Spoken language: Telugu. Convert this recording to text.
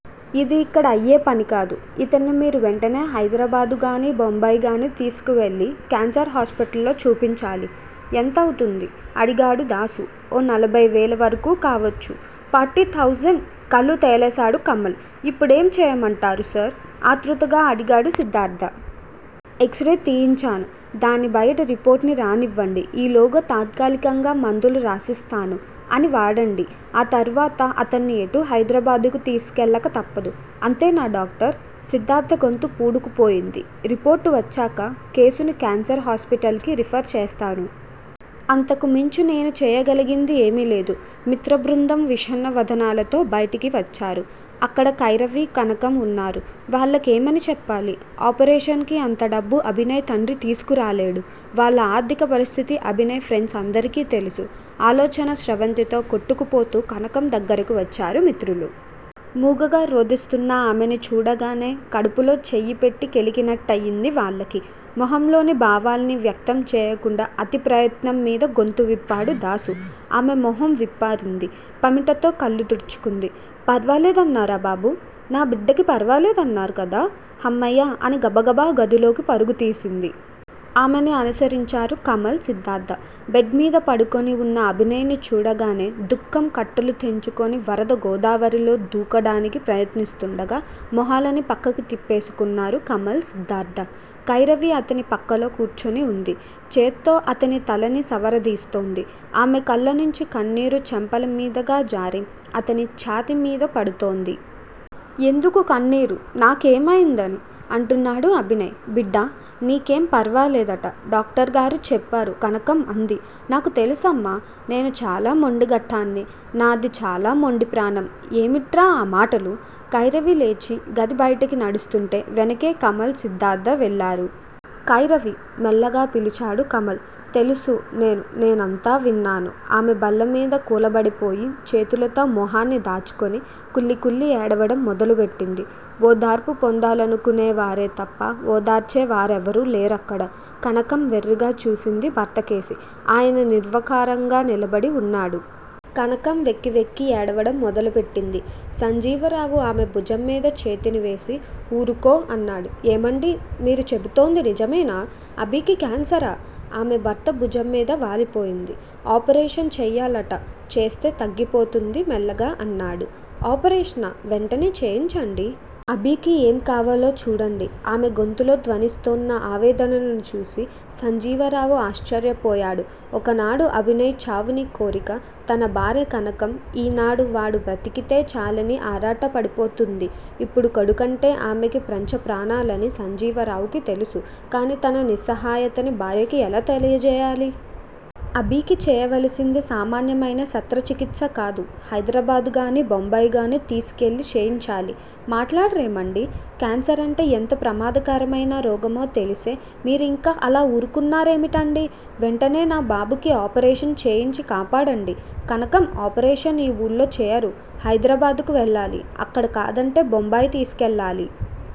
ఇది ఇక్కడ అయ్యే పని కాదు, ఇతన్ని మీరు వెంటనే హైదరాబాదుగానీ, బొంబాయిగానీ తీసుకెళ్ళి క్యాన్సర్ హాస్పిటల్లో చూపించాలి. ఎంతవుతుంది? అడిగాడు దాసు ఓ నలభై వేల వరకూ కావచ్చు! Forty thousand! కళ్ళు తేలేశాడు కమల్. ఇప్పుడేం చేయమంటారు సార్? ఆతృతగా అడిగాడు సిద్ధార్థ. X ray తీయించాను. దాన్ని బయట రిపోర్టునీ రానివ్వండి. ఈలోగా తాత్కాలికంగా మందులు రాసిస్తాను. అని వాడండి. ఆ తర్వాత అతన్ని ఎటూ హైదరాబాదుకు తీసుకెళ్ళక తప్పదు. అంతేనా డాక్టర్? సిద్ధార్థ గొంతు పూడుకుపోయింది. రిపోర్టు వచ్చాక, కేసుని క్యాన్సర్ హాస్పిటల్ కి రిఫర్ చేస్తాను. అంతకుమించి నేను చేయగలిగింది ఏమీలేదు. మిత్రబృందం విషణ్ణ వదనాలతో బయటకి వచ్చారు. అక్కడ కైరవి, కనకం వున్నారు. వాళ్ళకి ఏమని చెప్పాలి. ఆపరేషన్ కి అంతడబ్బు అభినయ్ తండ్రి తీసుకురాలేడు. వాళ్ళ ఆర్థిక పరిస్థితి అభినయ్ ఫ్రెండ్సందరికీ తెలుసు. ఆలోచనా స్రవంతిలో కొట్టుకుపోతూ కనకం దగ్గరగా వచ్చారు మిత్రులు. మూగగా రోధిస్తున్న ఆమెని చూడగానే కడుపులో చెయ్యి పెట్టి కెలికినట్టయ్యింది వాళ్ళకి. మొహంలోని భావాన్ని వ్యక్తం చేయకుండా అతి ప్రయత్నం మీద గొంతు విప్పాడు దాసు. ఆమె మొహం విప్పారింది. పమిటతో కళ్ళు తుడుచుకొంది. పర్వాలేదన్నారా బాబూ? నా బిడ్డకి పర్వాలేదు కదా? హమ్మయ్య అని గబగబా గదిలోకి పరుగుదీసింది. ఆమెని అనుసరించారు కమల్, సిద్ధార్థ. బెడ్ మీద పడుకొని వున్న అభినయ్ ని చూడగానే దుఃఖం కట్టలు తెంచుకొని వరద గోదావరిలో దూకడానికి ప్రయత్నిస్తుండగా మొహాలని పక్కకి తిప్పేసుకొన్నారు కమల్, సిద్ధార్థ. కైరవి అతని పక్కలో కూర్చుని వుంది. చేత్తో అతని తలని సవరదీస్తోంది. ఆమె కళ్ళనించి కన్నీరు చెంపల మీదుగా జారి అతని ఛాతీ మీద పడుతోంది. ఎందుకు కన్నీరు! నా కేమయిందని? అంటున్నాడు అభినయ్. బిడ్డా! నీకేం పర్వాలేదట డాక్టరుగారు చెప్పారు కనకం అంది. నాకు తెలుసమ్మా! నేను చాలా మొండిఘటాన్ని. నాది చాలా మొండి ప్రాణం. ఏమిట్రా ఆ మాటలు? కైరవి లేచి గది బయటకి నడుస్తుంటే వెనుకే కమల్, సిద్ధార్థ వెళ్ళారు. కైరవి! మెల్లగా పిలిచాడు కమల్. తెలుసు నేను నేను అంతా విన్నాను ఆమె బల్లమీద కూలబడిపోయి చేతులతో మొహాన్ని దాచుకొని కుళ్ళి కుళ్ళి ఏడవడం మొదలు పెట్టింది. ఓదార్పు పొందాలనుకొనే వారే తప్ప ఓదార్చేవారెవరూ లేరక్కడ. కనకం వెర్రిగా చూసింది భర్తకేసి. ఆయన నిర్వికారంగా నిలబడి వున్నాడు. కనకం వెక్కి వెక్కి ఏడవడం మొదలు పెట్టింది. సంజీవరావు ఆమె భుజం మీద చేతిని వేసి ఊరుకో! అన్నాడు. ఏమండీ! మీరు చెబుతోంది నిజమేనా? అభికి క్యాన్సరా! ఆమె భర్త భుజం మీద వాలిపోయింది. ఆపరేషన్ చెయ్యాలట. చేస్తే తగ్గిపోతుంది మెల్లగా అన్నాడు. ఆపరేషనా? వెంటనే చేయించండి. అభికి ఏం కావాలో చూడండి. ఆమె గొంతులో ధ్వనిస్తోన్న ఆవేదనని చూసి సంజీవరావు ఆశ్చర్యపోయాడు. ఒకనాడు అభినయ్ చావుని కోరిక తన భార్య కనకం ఈనాడు వాడు బతికితే చాలని ఆరాట పడిపోతోంది. ఇప్పుడు కొడుకంటే ఆమెకి పంచప్రాణాలని సంజీవరావుకి తెలుసు. కానీ తన నిస్సహాయతని భార్యకి ఎలా తెలియజేయాలి? అభీకి చేయవలసింది సామాన్యమైన శస్త్రచికిత్సకాదు హైదరాబాదుగానీ, బొంబాయిగానీ తీసుకెళ్ళి చేయించాలి. మాట్లాడరేమండీ! క్యాన్సరంటే ఎంత ప్రమాదకరమైన రోగమో తెలిసే మీరింకా అలా ఊరుకొంటారేమిటండీ? వెంటనే నా బాబుకి ఆపరేషన్ చేయించి కాపాడండి. కనకం ఆపరేషన్ ఈఊళ్ళో చేయరు. హైదరాబాదు వెళ్ళాలి. అక్కడ కాదంటే బొంబాయి తీసుకెళ్ళాలి.